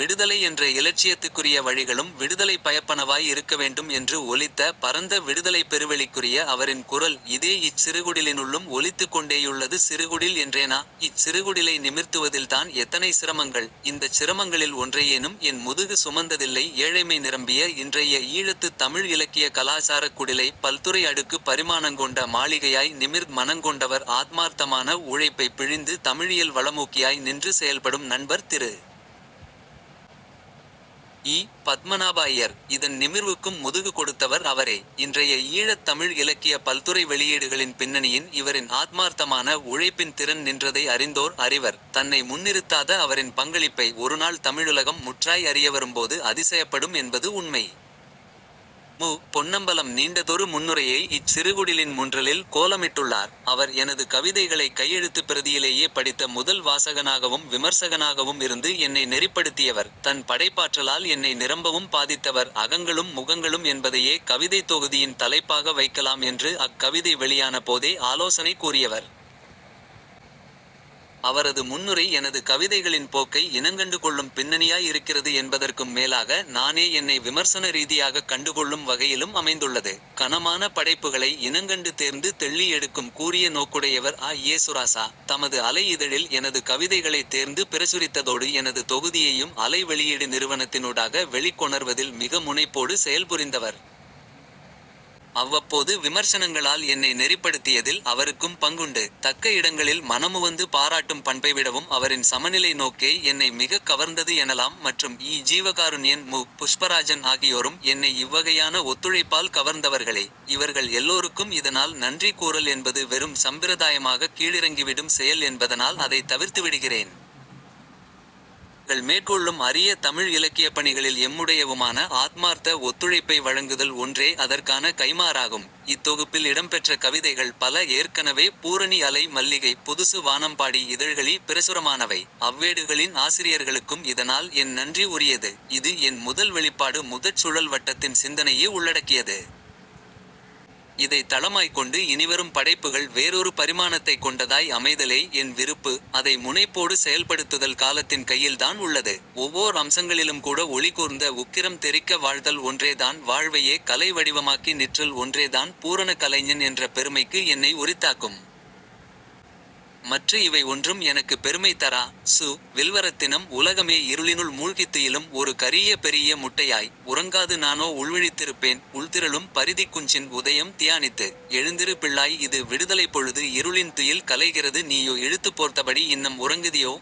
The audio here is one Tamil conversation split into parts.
விடுதலை என்ற இலட்சியத்துக்குரிய வழிகளும் விடுதலை பயப்பனவாய் இருக்கவேண்டும் என்று ஒலித்த பரந்த விடுதலைப் பெருவெளிக்குரிய அவரின் குரல் இதே இச் சிறுகுடிலினுள்ளும் ஒலித்துக்கொண்டேயுள்ளது சிறுகுடில் என்றேனா? இச் சிறுகுடிலை நிமிர்த்துவதில்தான் எத்தனை சிரமங்கள். இந்தச் சிரமங்களில் ஒன்றையேனும் என் முதுகு சுமந்ததில்லை ஏழைமை நிரம்பிய இன்றைய ஈழத்துத் தமிழ் இலக்கிய கலாசாரக் குடிலை பல்துறை அடுக்குப் பரிமாணங்கொண்ட மாளிகையாய் நிமிர்த் மனங்கொண்டவர் ஆத்மார்த்தமான உழைப்பைப் பிழிந்து தமிழியல் வளமூக்கியாய் நின்று செயல்படும் நண்பர் திரு. இ. பத்மநாப ஐயர். இதன் நிமிர்வுக்கும் முதுகு கொடுத்தவர் அவரே. இன்றைய ஈழத் தமிழ் இலக்கிய பல்துறை வெளியீடுகளின் பின்னணியின் இவரின் ஆத்மார்த்தமான உழைப்பின் திறன் நின்றதை அறிந்தோர் அறிவர். தன்னை முன்னிறுத்தாத அவரின் பங்களிப்பை ஒருநாள் தமிழுலகம் முற்றாய் அறியவரும்போது அதிசயப்படும் என்பது உண்மை. மு. பொன்னம்பலம் நீண்டதொரு முன்னுரையை இச் சிறுகுடிலின் முன்றலில் கோலமிட்டுள்ளார். அவர் எனது கவிதைகளைக் கையெழுத்துப் பிரதியிலேயே படித்த முதல் வாசகனாகவும் விமர்சகனாகவும் இருந்து என்னை நெறிப்படுத்தியவர். தன் படைப்பாற்றலால் என்னை நிரம்பவும் பாதித்தவர் அகங்களும் முகங்களும் என்பதையே கவிதைத் தொகுதியின் தலைப்பாக வைக்கலாம் என்று அக் கவிதை வெளியான போதே ஆலோசனை கூறியவர். அவரது முன்னுரை எனது கவிதைகளின் போக்கை இனங்கண்டு கொள்ளும் பின்னணியாய் இருக்கிறது என்பதற்கும் மேலாக நானே என்னை விமர்சன ரீதியாகக் கண்டுகொள்ளும் வகையிலும் அமைந்துள்ளது. கனமான படைப்புகளை இனங்கண்டு தேர்ந்து தெள்ளி எடுக்கும் கூரிய நோக்குடையவர் அ. யேசுராசா. தமது அலை இதழில் எனது கவிதைகளைத் தேர்ந்து பிரசுரித்ததோடு எனது தொகுதியையும் அலை வெளியீடு நிறுவனத்தினூடாக வெளிக் கொணர்வதில் மிக முனைப்போடு செயல்புரிந்தவர். அவ்வப்போது விமர்சனங்களால் என்னை நெறிப்படுத்தியதில் அவருக்கும் பங்குண்டு. தக்க இடங்களில் மனமுவந்து பாராட்டும் பண்பைவிடவும் அவரின் சமநிலை நோக்கே என்னை மிகக் கவர்ந்தது எனலாம் மற்றும் இ. ஜீவகாருண்யன் மு. புஷ்பராஜன் ஆகியோரும் என்னை இவ்வகையான ஒத்துழைப்பால் கவர்ந்தவர்களே. இவர்கள் எல்லோருக்கும் இதனால் நன்றி கூறல் என்பது வெறும் சம்பிரதாயமாகக் கீழிறங்கிவிடும் செயல் என்பதனால் அதைத் தவிர்த்துவிடுகிறேன். அவர்கள் மேற்கொள்ளும் அரிய தமிழ் இலக்கியப்பணிகளில் எம்முடையவுமான ஆத்மார்த்த ஒத்துழைப்பை வழங்குதல் ஒன்றே அதற்கான கைமாறாகும். இத்தொகுப்பில் இடம்பெற்ற கவிதைகள் பல ஏற்கனவே பூரணி அலை மல்லிகை புதுசு வானம்பாடி இதழ்களி பிரசுரமானவை. அவ்வேடுகளின் ஆசிரியர்களுக்கும் இதனால் என் நன்றி உரியது. இது என் முதல் வெளிப்பாடு முதற் சுழல் வட்டத்தின் சிந்தனையே உள்ளடக்கியது. இதைத் தளமாய்க்கொண்டு இனிவரும் படைப்புகள் வேறொரு பரிமாணத்தைக் கொண்டதாய் அமைதலே என் விருப்பு. அதை முனைப்போடு செயல்படுத்துதல் காலத்தின் கையில்தான் உள்ளது. ஒவ்வோர் அம்சங்களிலும்கூட ஒளிகூர்ந்த உக்கிரம் தெறிக்க வாழ்தல் ஒன்றேதான் வாழ்வையே கலை வடிவமாக்கி நிற்றல் ஒன்றேதான் பூரண கலைஞன் என்ற பெருமைக்கு என்னை உரித்தாக்கும். மற்று இவை ஒன்றும் எனக்குப் பெருமை தரா. சு. வில்வரத்தினம் உலகமே இருளினுள் மூழ்கித் துயிலும் ஒரு கரீய பெரீய முட்டையாய். உறங்காது நானோ உள்விழித்திருப்பேன். உள்திரளும் பரிதிக் குஞ்சின் உதயம் தியானித்து. எழுந்திரு பிள்ளாய் இது விடுதலைப் பொழுது இருளின் துயில் கலைகிறது நீயோ இழுத்துப் போர்த்தபடி இன்னம் உறங்குதியோ?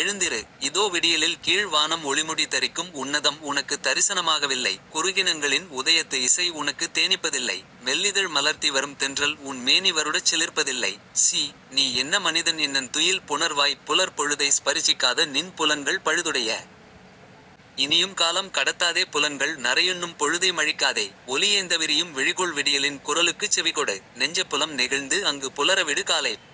எழுந்திரு. இதோ விடியலில் கீழ் வானம் ஒளிமுடி தரிக்கும் உன்னதம் உனக்குத் தரிசனமாகவில்லை. குருகினங்களின் உதயத்து இசை உனக்குத் தேனிப்பதில்லை. மெல்லிதழ் மலர்த்தி வரும் தென்றல் உன் மேனி வருடச் சிலிர்ப்பதில்லை. சீ! நீ என்ன மனிதன் இன்னந் துயில் புணர்வாய் புலர் பொழுதை ஸ்பரிசிக்காத நின் புலன்கள் பழுதுடைய. இனியும் காலம் கடத்தாதே புலன்கள் நறையுண்ணும் பொழுதை மழிக்காதே. ஒலியேந்தவிரியும் விழிகொள் விடியலின் குரலுக்குச் செவிகொடு. நெஞ்சப்புலம் நெகிழ்ந்து அங்கு புலரவிடு காலைப்